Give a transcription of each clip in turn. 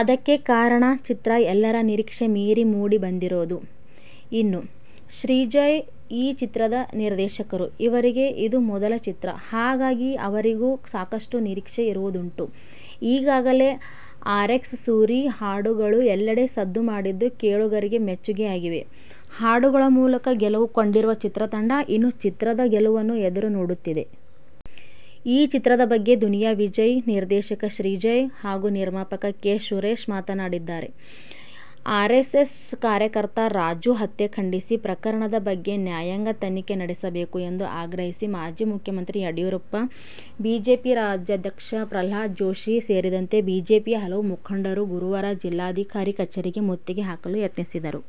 ಅದಕ್ಕೆ ಕಾರಣ, ಚಿತ್ರ ಎಲ್ಲರ ನಿರೀಕ್ಷೆ ಮೀರಿ ಮೂಡಿ ಬಂದಿರೋದು. ಇನ್ನು, ಶ್ರೀಜಯ್ ಈ ಚಿತ್ರದ ನಿರ್ದೇಶಕರು. ಇವರಿಗೆ ಇದು ಮೊದಲ ಚಿತ್ರ. ಹಾಗಾಗಿ ಅವರಿಗೂ ಸಾಕಷ್ಟು ನಿರೀಕ್ಷೆ ಇರುವುದುಂಟು. ಈಗಾಗಲೇ "ಆರ್ಎಕ್ಸ್ ಸೂರಿ' ಹಾಡುಗಳು ಎಲ್ಲೆಡೆ ಸದ್ದು ಮಾಡಿದ್ದು, ಕೇಳುಗರಿಗೆ ಮೆಚ್ಚುಗೆಯಾಗಿವೆ. ಹಾಡುಗಳ ಮೂಲಕ ಗೆಲುವು ಕಂಡಿರುವ ಚಿತ್ರತಂಡ, ಇನ್ನು, ಚಿತ್ರದ ಗೆಲುವನ್ನು ಎದುರು ನೋಡುತ್ತಿದೆ. ಈ ಚಿತ್ರದ ಬಗ್ಗೆ ದುನಿಯಾ ವಿಜಯ್, ನಿರ್ದೇಶಕ ಶ್ರೀಜಯ್ ಹಾಗು ನಿರ್ಮಾಪಕ ಕೆ. ಸುರೇಶ್ ಮಾತಾಡಿದ್ದಾರೆ. ಆರ್ಎಸ್ಎಸ್ ಕಾರ್ಯಕರ್ತ ರಾಜು ಹತ್ಯೆ ಖಂಡಿಸಿ, ಪ್ರಕರಣದ ಬಗ್ಗೆ ನ್ಯಾಯಾಂಗ ತನಿಖೆ ನಡೆಸಬೇಕು ಎಂದು ಆಗ್ರಹಿಸಿ ಮಾಜಿ ಮುಖ್ಯಮಂತ್ರಿ ಯಡಿಯೂರಪ್ಪ, ಬಿಜೆಪಿ ರಾಜ್ಯಾಧ್ಯಕ್ಷ ಪ್ರಹ್ಲಾದ ಜೋಶಿ ಸೇರಿದಂತೆ ಬಿಜೆಪಿಯ ಹಲವು ಮುಖಂಡರು ಗುರುವಾರ ಜಿಲ್ಲಾಧಿಕಾರಿ ಕಚೇರಿಗೆ ಮುತ್ತಿಗೆ ಹಾಕಲು ಯತ್ನಿಸಿದರು.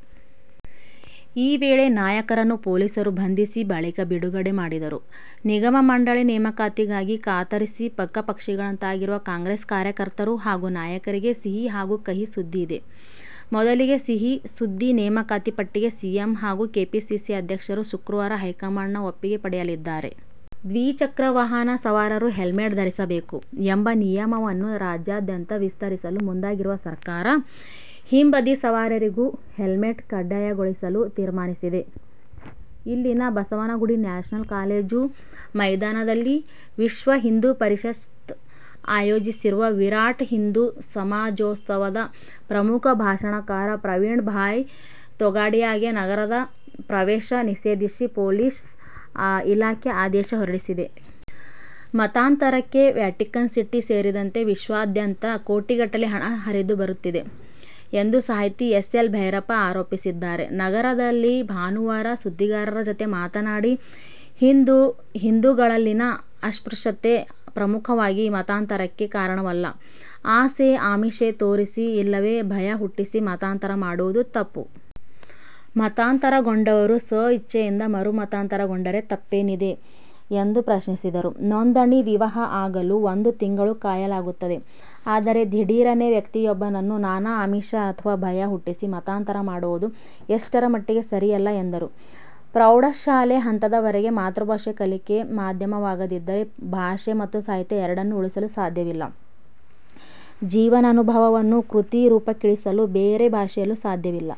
ಈ ವೇಳೆ ನಾಯಕರನ್ನು ಪೊಲೀಸರು ಬಂಧಿಸಿ, ಬಳಿಕ ಬಿಡುಗಡೆ ಮಾಡಿದರು. ನಿಗಮ-ಮಂಡಳಿ ನೇಮಕಾತಿ ಗಾಗಿ ಕಾತರಿಸಿ ಬಕ ಪಕ್ಷಿಗಳಂತಾಗಿರುವ ಕಾಂಗ್ರೆಸ್ ಕಾರ್ಯಕರ್ತರು ಹಾಗೂ ನಾಯಕರಿಗೆ ಸಿಹಿ ಹಾಗೂ ಕಹಿ ಸುದ್ದಿಯಿದೆ. ಮೊದಲಿಗೆ ಸಿಹಿ ಸುದ್ದಿ- ನೇಮಕಾತಿ ಪಟ್ಟಿಗೆ ಸಿಎಂ ಹಾಗೂ ಕೆಪಿಸಿಸಿ ಅಧ್ಯಕ್ಷರು ಶುಕ್ರವಾರ ಹೈಕಮಾಂಡ್ನ ಒಪ್ಪಿಗೆ ಪಡೆಯಲಿದ್ದಾರೆ. ದ್ವಿಚಕ್ರ ವಾಹನ ಸವಾರರು ಹೆಲ್ಮೆಟ್ ಧರಿಸಬೇಕು ಎಂಬ ನಿಯಮವನ್ನು ರಾಜ್ಯಾದ್ಯಂತ ವಿಸ್ತರಿಸಲು ಮುಂದಾಗಿರುವ ಸರ್ಕಾರ, ಹಿಂಬದಿ ಸವಾರರಿಗೂ ಹೆಲ್ಮೆಟ್ ಕಡ್ಡಾಯಗೊಳಿಸಲು ತೀರ್ಮಾನಿಸಿದೆ. ಇಲ್ಲಿನ ಬಸವನಗುಡಿ ನ್ಯಾಷನಲ್ ಕಾಲೇಜು ಮೈದಾನದಲ್ಲಿ ವಿಶ್ವ ಹಿಂದೂ ಪರಿಷತ್ ಆಯೋಜಿಸಿರುವ "ವಿರಾಟ್ ಹಿಂದೂ ಸಮಾಜೋತ್ಸವ'ದ ಪ್ರಮುಖ ಭಾಷಣಕಾರ ಪ್ರವೀಣ್ ಭಾಯ್ ತೊಗಾಡಿಯಾಗೆ ನಗರ ಪ್ರವೇಶ ನಿಷೇಧಿಸಿ ಪೊಲೀಸ್ ಇಲಾಖೆ ಆದೇಶ ಹೊರಡಿಸಿದೆ. ಮತಾಂತರಕ್ಕೆ ವ್ಯಾಟಿಕನ್ ಸಿಟಿ ಸೇರಿದಂತೆ ವಿಶ್ವಾದ್ಯಂತ ಕೋಟಿಗಟ್ಟಲೆ ಹಣ ಹರಿದು ಬರುತ್ತಿದೆ ಎಂದು ಸಾಹಿತಿ ಎಸ್. ಎಲ್. ಭೈರಪ್ಪ ಆರೋಪಿಸಿದ್ದಾರೆ. ನಗರದಲ್ಲಿ ಭಾನುವಾರ ಸುದ್ದಿಗಾರರ ಜತೆ ಮಾತನಾಡಿ, ಹಿಂದೂಗಳಲ್ಲಿನ ಅಸ್ಪೃಶ್ಯತೆ ಪ್ರಮುಖವಾಗಿ ಮತಾಂತರಕ್ಕೆ ಕಾರಣವಲ್ಲ. ಆಸೆ ಆಮಿಷ ತೋರಿಸಿ, ಇಲ್ಲವೇ ಭಯ ಹುಟ್ಟಿಸಿ ಮತಾಂತರ ಮಾಡುವುದು ತಪ್ಪು. ಮತಾಂತರಗೊಂಡವರು ಸ್ವಇಚ್ಚೆಯಿಂದ ಮರು ಮತಾಂತರಗೊಂಡರೆ ತಪ್ಪೇನಿದೆ ಎಂದು ಪ್ರಶ್ನಿಸಿದರು. ನೋಂದಣಿ ವಿವಾಹ ಆಗಲು ಒಂದು ತಿಂಗಳು ಕಾಯಲಾಗುತ್ತದೆ. ಆದರೆ, ದಿಢೀರನೇ ವ್ಯಕ್ತಿಯೊಬ್ಬನನ್ನು ನಾನಾ ಆಮಿಷ ಅಥವಾ ಭಯ ಹುಟ್ಟಿಸಿ ಮತಾಂತರ ಮಾಡುವುದು ಎಷ್ಟರ ಮಟ್ಟಿಗೆ ಸರಿಯಲ್ಲ ಎಂದರು. ಪ್ರೌಢಶಾಲೆ ಹಂತದವರೆಗೆ ಮಾತೃಭಾಷೆ ಕಲಿಕೆ ಮಾಧ್ಯಮವಾಗದಿದ್ದರೆ ಭಾಷೆ ಮತ್ತು ಸಾಹಿತ್ಯ ಎರಡನ್ನು ಉಳಿಸಲು ಸಾಧ್ಯವಿಲ್ಲ, ಜೀವನಾನುಭವವನ್ನು ಕೃತಿ ರೂಪಕ್ಕಿಳಿಸಲು ಬೇರೆ ಭಾಷೆಯಲ್ಲೂ ಸಾಧ್ಯವಿಲ್ಲ.